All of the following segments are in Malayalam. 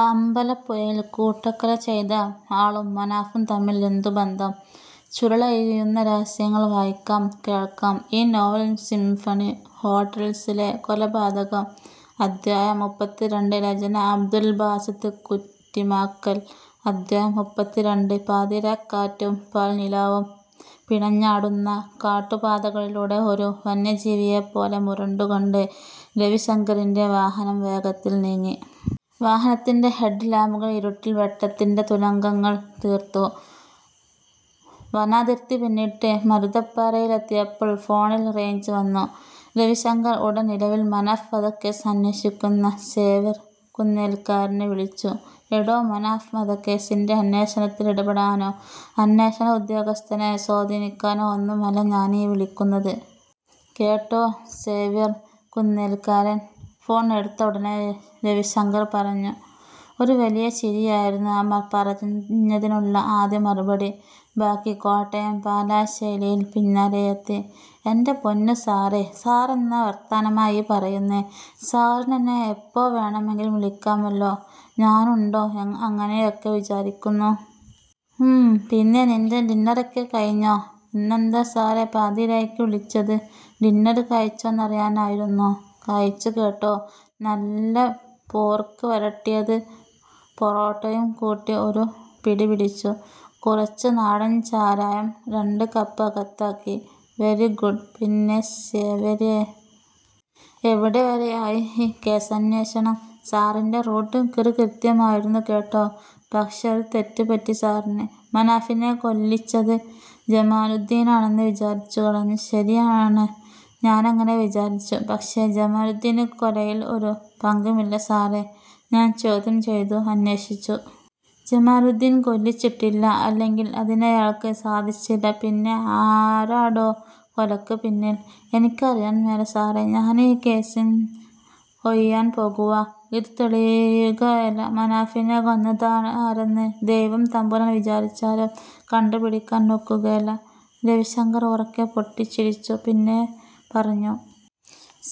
'അമ്പലപ്പുഴയില് കൂട്ടക്കൊല ചെയ്ത ആളും മനാഫും തമ്മിൽ എന്തു ബന്ധം?; ചുരുളഴിയുന്ന രഹസ്യങ്ങൾ' വായിക്കാം, കേൾക്കാം ഇ-നോവൽ സിംഫണി ഹോട്ടൽസിലെ കൊലപാതകം അധ്യായം: മുപ്പത്തിരണ്ട് രചന – അബ്ദുൽ ബാസിത്ത് കുറ്റിമാക്കൽ അധ്യായം: മുപ്പത്തിരണ്ട് പാതിരാക്കാറ്റും പാൽനിലാവും പിണഞ്ഞാടുന്ന കാട്ടുപാതകളിലൂടെ ഒരു വന്യജീവിയെപ്പോലെ മുരണ്ടുകൊണ്ട് രവിശങ്കറിന്റെ വാഹനം വേഗത്തിൽ നീങ്ങി. വാഹനത്തിന്റെ ഹെഡ് ലാമ്പുകൾ ഇരുട്ടിൽ വെട്ടത്തിന്റെ തുരങ്കങ്ങൾ തീർത്തു. വനാതിർത്തി പിന്നിട്ട് മരുതപ്പാറയിലെത്തിയപ്പോൾ ഫോണിൽ റേഞ്ച് വന്നു. രവിശങ്കർ ഉടൻ നിലവിൽ മനാഫ് വധക്കേസ് അന്വേഷിക്കുന്ന സേവ്യർ കുന്നേൽക്കാരനെ വിളിച്ചു. "എടോ, മനാഫ് വധക്കേസിന്റെ അന്വേഷണത്തിൽ ഇടപെടാനോ, അന്വേഷണ ഉദ്യോഗസ്ഥനെ സ്വാധീനിക്കാനോ ഒന്നുമല്ല ഞാനീ വിളിക്കുന്നത്. കേട്ടോ... " സേവ്യർ കുന്നേൽക്കാരൻ ഫോൺ എടുത്ത ഉടനെ രവിശങ്കർ പറഞ്ഞു. ഒരു വലിയ ചിരിയായിരുന്നു ആ പറഞ്ഞതിനുള്ള ആദ്യ മറുപടി. ബാക്കി കോട്ടയം പാലാ ശൈലിയിൽ പിന്നാലെയെത്തി: "എന്റെ പൊന്നു സാറേ... സാറെന്നാ വർത്താനമാ ഈ പറയുന്നേ... സാറിനെന്നെ എപ്പോ വേണമെങ്കിലും വിളിക്കാമല്ലോ... ഞാനുണ്ടോ അങ്ങനെയൊക്കെ വിചാരിക്കുന്നു... " "ഉം... പിന്നേയ് നിന്റെ ഡിന്നറൊക്കെ കഴിഞ്ഞോ...? " "ഇതെന്നതാ സാറേ, പാതിരായ്ക്ക് വിളിച്ചത് ഡിന്നർ കഴിച്ചോന്നറിയാനായിരുന്നോ... കഴിച്ചു കേട്ടോ... നല്ല പോർക്ക് വരട്ടിയത് പൊറോട്ടയും കൂട്ടി ഒരു പിടിപിടിച്ചു. " "കുറച്ച്... നാടൻ ചാരായം രണ്ട് കപ്പ് അകത്താക്കി. " "വെരി ഗുഡ്... പിന്നെ സേവ്യറെ... എവിടെ വരെയായി കേസന്വേഷണം? " "സാറിന്റെ റൂട്ട് കിറുകൃത്യമായിരുന്നു കേട്ടോ. പക്ഷേ ഒരു തെറ്റ് പറ്റി സാറിന്. മനാഫിനെ കൊല്ലിച്ചത് ജമാലുദ്ധീനാണെന്ന് വിചാരിച്ചു കളഞ്ഞു. " "ശരിയാണ്. ഞാനങ്ങനെ വിചാരിച്ചു. " "പക്ഷേ ജമാലുദ്ധീന് കൊലയിൽ ഒരു പങ്കുമില്ല സാറേ... ഞാൻ ചോദ്യം ചെയ്തു. അന്വേഷിച്ചു. ജമാലുദ്ധീൻ കൊല്ലിച്ചിട്ടില്ല. അല്ലെങ്കിൽ അതിനയാൾക്ക് സാധിച്ചില്ല. " "പിന്നെ ആരാടോ കൊലക്ക് പിന്നിൽ...? " "എനിക്കറിയാൻ മേല സാറേ... ഞാനീ കേസേന്ന് ഒഴിയാൻ പോകുവാ... ഇത് തെളിയുകേല... മനാഫിനെ കൊന്നതാരെന്ന് ദൈവം തമ്പുരാൻ വിചാരിച്ചാലും കണ്ടു പിടിക്കാൻ ഒക്കുകേല. " രവിശങ്കർ ഉറക്കെ പൊട്ടിച്ചിരിച്ചു. പിന്നെ പറഞ്ഞു.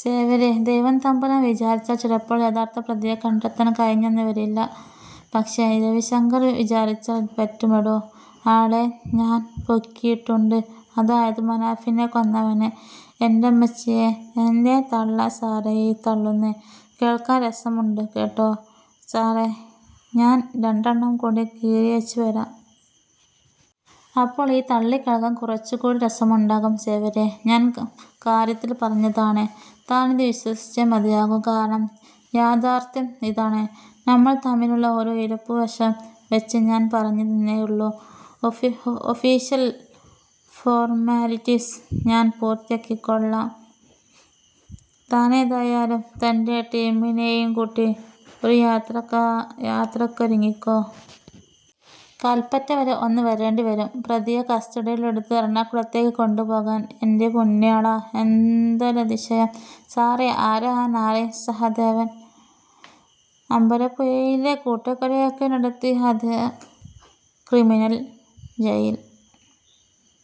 "സേവ്യറെ... ദൈവം തമ്പുരാൻ വിചാരിച്ചാൽ ചിലപ്പോൾ യഥാർത്ഥ പ്രതിയെ കണ്ടെത്താൻ കഴിഞ്ഞെന്ന് വരില്ല. പക്ഷേ രവിശങ്കർ വിചാരിച്ചാൽ പറ്റുമെടോ... ആളെ ഞാൻ പൊക്കിയിട്ടുണ്ട്. അതായത് മനാഫിനെ കൊന്നവനെ...! " "എന്റമ്മച്ചിയേ... എന്നാ തള്ളാ സാറേ ഈ തള്ളുന്നെ..! കേൾക്കാൻ രസമുണ്ട് കേട്ടോ... സാറേ, ഞാൻ രണ്ടെണ്ണം കൂടി കീറിയേച്ച് വരാം. അപ്പൊ ഈ തള്ള് കേൾക്കാൻ കുറച്ചു കൂടി രസമുണ്ടാകും. " "സേവ്യറെ... ഞാൻ കാര്യത്തിൽ പറഞ്ഞതാണ്. താനിത് വിശ്വസിച്ചേ മതിയാകൂ. കാരണം യാഥാർഥ്യം ഇതാണ്. നമ്മൾ തമ്മിലുള്ള ഒരു ഇരിപ്പുവശം വെച്ച് ഞാൻ പറഞ്ഞു എന്നേയുള്ളൂ. ഒഫീഷ്യൽ ഫോർമാലിറ്റിസ് ഞാൻ പൂർത്തിയാക്കിക്കൊള്ളാം. താനേതായാലും തന്റെ ടീമിനെയും കൂട്ടി ഒരു യാത്രക്കൊരുങ്ങിക്കോ. കല്പറ്റ വരെ ഒന്ന് വരേണ്ടി വരും. പ്രതിയെ കസ്റ്റഡിയിൽ എടുത്ത് എറണാകുളത്തേക്ക് കൊണ്ടു പോകാൻ. " "എന്റെ പുണ്യാളാ... എന്തൊരതിശയം...! സാറേ, ആരാ ആ നാറി...? " "സഹദേവൻ... അമ്പലപ്പുഴയിലെ കൂട്ടക്കൊലയൊക്കെ നടത്തിയ അതേ ക്രിമിനൽ. ജയിൽ